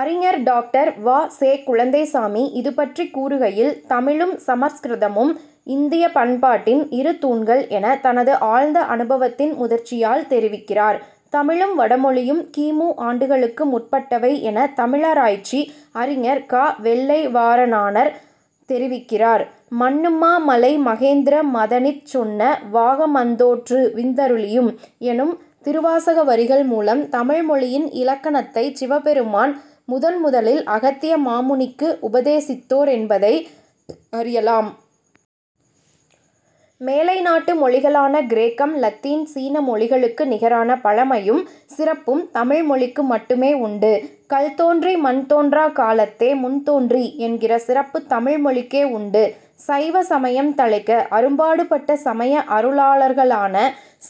அறிஞர் டாக்டர் வா. செ. குழந்தைசாமி இதுபற்றிக் கூறுகையில், "தமிழும் சமற்கிருதமும் இந்திய பண்பாட்டின் இரு தூண்கள்' எனத் தனது ஆழ்ந்த அனுபவத்தின் முதிர்ச்சியால் தெரிவிக்கிறார். தமிழும், வடமொழியும் கி. மு. ஆண்டுகளுக்கு முற்பட்டவை எனத் தமிழாராய்ச்சி அறிஞர் க. வெள்ளைவாரணனார் தெரிவிக்கிறார். "மன்னுமா மலை மகேந்திர மதனிற்சொன்ன வாகமந் தோற்று வித்தருளியும்'எனும் திருவாசக வரிகள் மூலம் தமிழ்மொழியின் இலக்கணத்தைச் சிவபெருமான் முதன்முதலில் அகத்திய மாமுனிக்கு உபதேசித்தோர் என்பதை அறியலாம். மேலைநாட்டு மொழிகளான கிரேக்கம், இலத்தீன், சீன மொழிகளுக்கு நிகரான பழமையும், சிறப்பும் தமிழ்மொழிக்கு மட்டுமே உண்டு. "கல்தோன்றி மண்தோன்றாக் காலத்தே முன்தோன்றி' என்கிற சிறப்பு தமிழ்மொழிக்கே உண்டு. சைவ சமயம் தழைக்க அரும்பாடுபட்ட சமய அருளாளர்களான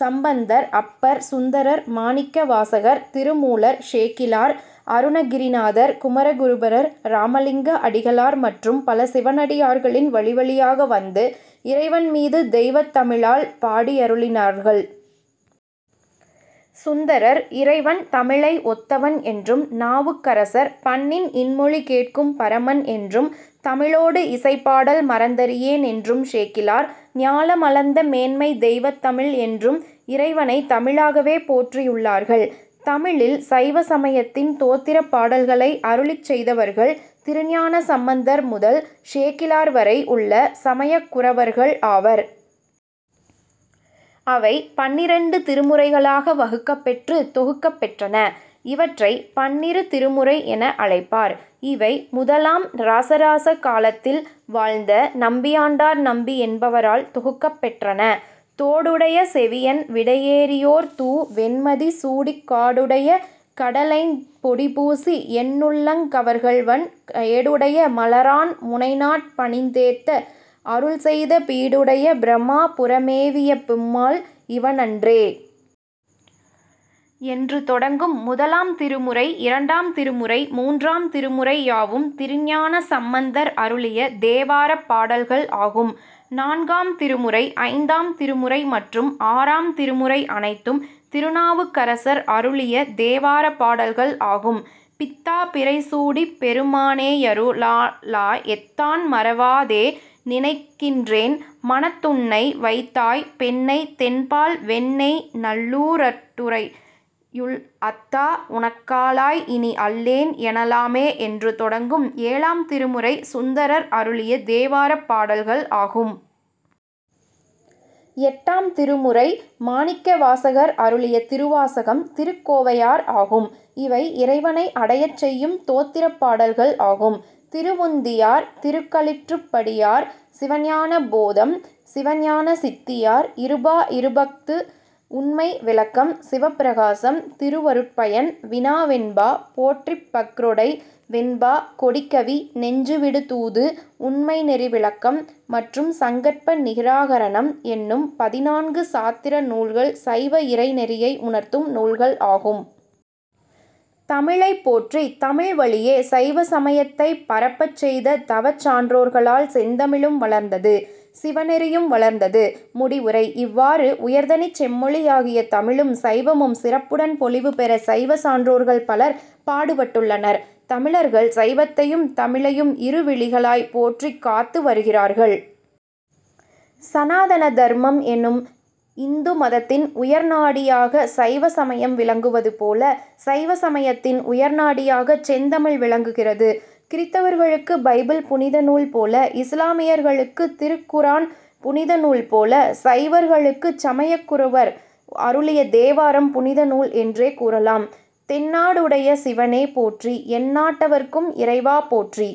சம்பந்தர், அப்பர், சுந்தரர், மாணிக்க வாசகர், திருமூலர், சேக்கிழார், அருணகிரிநாதர், குமரகுருபரர், இராமலிங்க அடிகளார் மற்றும் பல சிவனடியார்களின் வழிவழியாக வந்து இறைவன் மீது தெய்வத் தமிழால் பாடியருளினார்கள். சுந்தரர், "இறைவன் தமிழை ஒத்தவன்' என்றும், நாவுக்கரசர், "பண்ணின் இன்மொழி கேட்கும் பரமன்' என்றும், "தமிழோடு இசைபாடல் மறந்தறியேன்' என்றும், சேக்கிழார் "ஞாலமளந்த மேன்மைத் தெய்வத்தமிழ்' என்றும் இறைவனைத் தமிழாகவே போற்றியுள்ளார்கள். தமிழில் சைவ சமயத்தின் தோத்திரப் பாடல்களை அருளிச் செய்தவர்கள் திருஞான சம்பந்தர் முதல் சேக்கிழார் வரை உள்ள சமயக்குரவர்கள் ஆவர். அவை பன்னிரண்டு திருமுறைகளாக வகுக்கப் பெற்று தொகுக்கப் பெற்றன. இவற்றை "பன்னிரு திருமுறை' என அழைப்பார். இவை முதலாம் இராசராசன் காலத்தில் வாழ்ந்த நம்பியாண்டார் நம்பி என்பவரால் தொகுக்கப் பெற்றன. "தோடுடைய செவியன் விடையேறியோர்தூ வெண்மதிசூடிக்காடுடைய கடலைந் பொடிபூசி என்னுள்ளங் கவர்கள்வன்ஏடுடைய மலரான் முனைநாட் பணிந்தேத்த அருள்செய்தபீடுடைய பிரமா புரமேவிய பொம்மாள் இவனன்றே! என்று தொடங்கும் முதலாம் திருமுறை, இரண்டாம் திருமுறை, மூன்றாம் திருமுறை, யாவும் திருஞான சம்பந்தர் அருளிய தேவாரப் பாடல்கள் ஆகும். நான்காம் திருமுறை, ஐந்தாம் திருமுறை மற்றும் ஆறாம் திருமுறை அனைத்தும் திருநாவுக்கரசர் அருளிய தேவார பாடல்கள் ஆகும். "பித்தாபிறை சூடிபெரு மானேயரு ளாளாஎத்தான்மற வாதேநினைக் கின்றேன்மனத்துன்னைவைத்தாய் பெண்ணைத் தென்பால்வெண்ணெய்நல்லூ ரருட்டுறையுள்அத்தா உனக் காளாய்இனி அல்லேன் எனலாமே'என்று தொடங்கும் ஏழாம் திருமுறை சுந்தரர் அருளிய தேவாரப் பாடல்கள் ஆகும். எட்டாம் திருமுறை மாணிக்கவாசகர் அருளிய திருவாசகம், திருகோவையார் ஆகும். அவை இறைவனை அடையச் செய்யும் தோத்திரப் பாடல்கள் ஆகும். திருவுந்தியார், திருக்களிற்றுப்படியார், சிவஞான போதம், சிவஞான சித்தியார், இருபா இருபஃது, உண்மை விளக்கம், சிவப்பிரகாசம், திருவருட்பயன், வினாவெண்பா, போற்றிப்பஃறொடை வெண்பா, கொடிக்கவி, நெஞ்சு விடு தூது, உண்மை நெறி விளக்கம் மற்றும் சங்கற்ப நிராகரணம் என்னும் பதினான்கு சாத்திர நூல்கள் சைவ இறை நெறியை உணர்த்தும் நூல்கள் ஆகும். தமிழைப் போற்றி, தமிழ் வழியே சைவ சமயத்தைப் பரப்பச் செய்த தவச் சான்றோர்களால் செந்தமிழும் வளர்ந்தது; சிவநெறியும் வளர்ந்தது. முடிவுரை:இவ்வாறு உயர்தனிச் செம்மொழியாகிய தமிழும், சைவமும் சிறப்புடன் பொலிவு பெற சைவச் சான்றோர்கள் பலர் பாடுபட்டுள்ளனர். தமிழர்கள் சைவத்தையும், தமிழையும் இரு விழிகளாய்ப் போற்றிக் காத்து வருகிறார்கள். சனாதன தர்மம் எனும் இந்து மதத்தின் உயர்நாடியாகச் சைவசமயம் விளங்குவது போலச் சைவசமயத்தின் உயிர்நாடியாகச் செந்தமிழ் விளங்குகிறது. கிறித்தவர்களுக்கு பைபிள் புனித நூல் போல, இசுலாமியர்களுக்குத் திருக்குர் ஆன் புனிதநூல் போல, சைவர்களுக்குச் சமயக்குரவர் அருளிய தேவாரம் புனித நூல் என்றே கூறலாம். "தென்னாடுடைய சிவனே போற்றி; எந்நாட்டவர்க்கும் இறைவா போற்றி!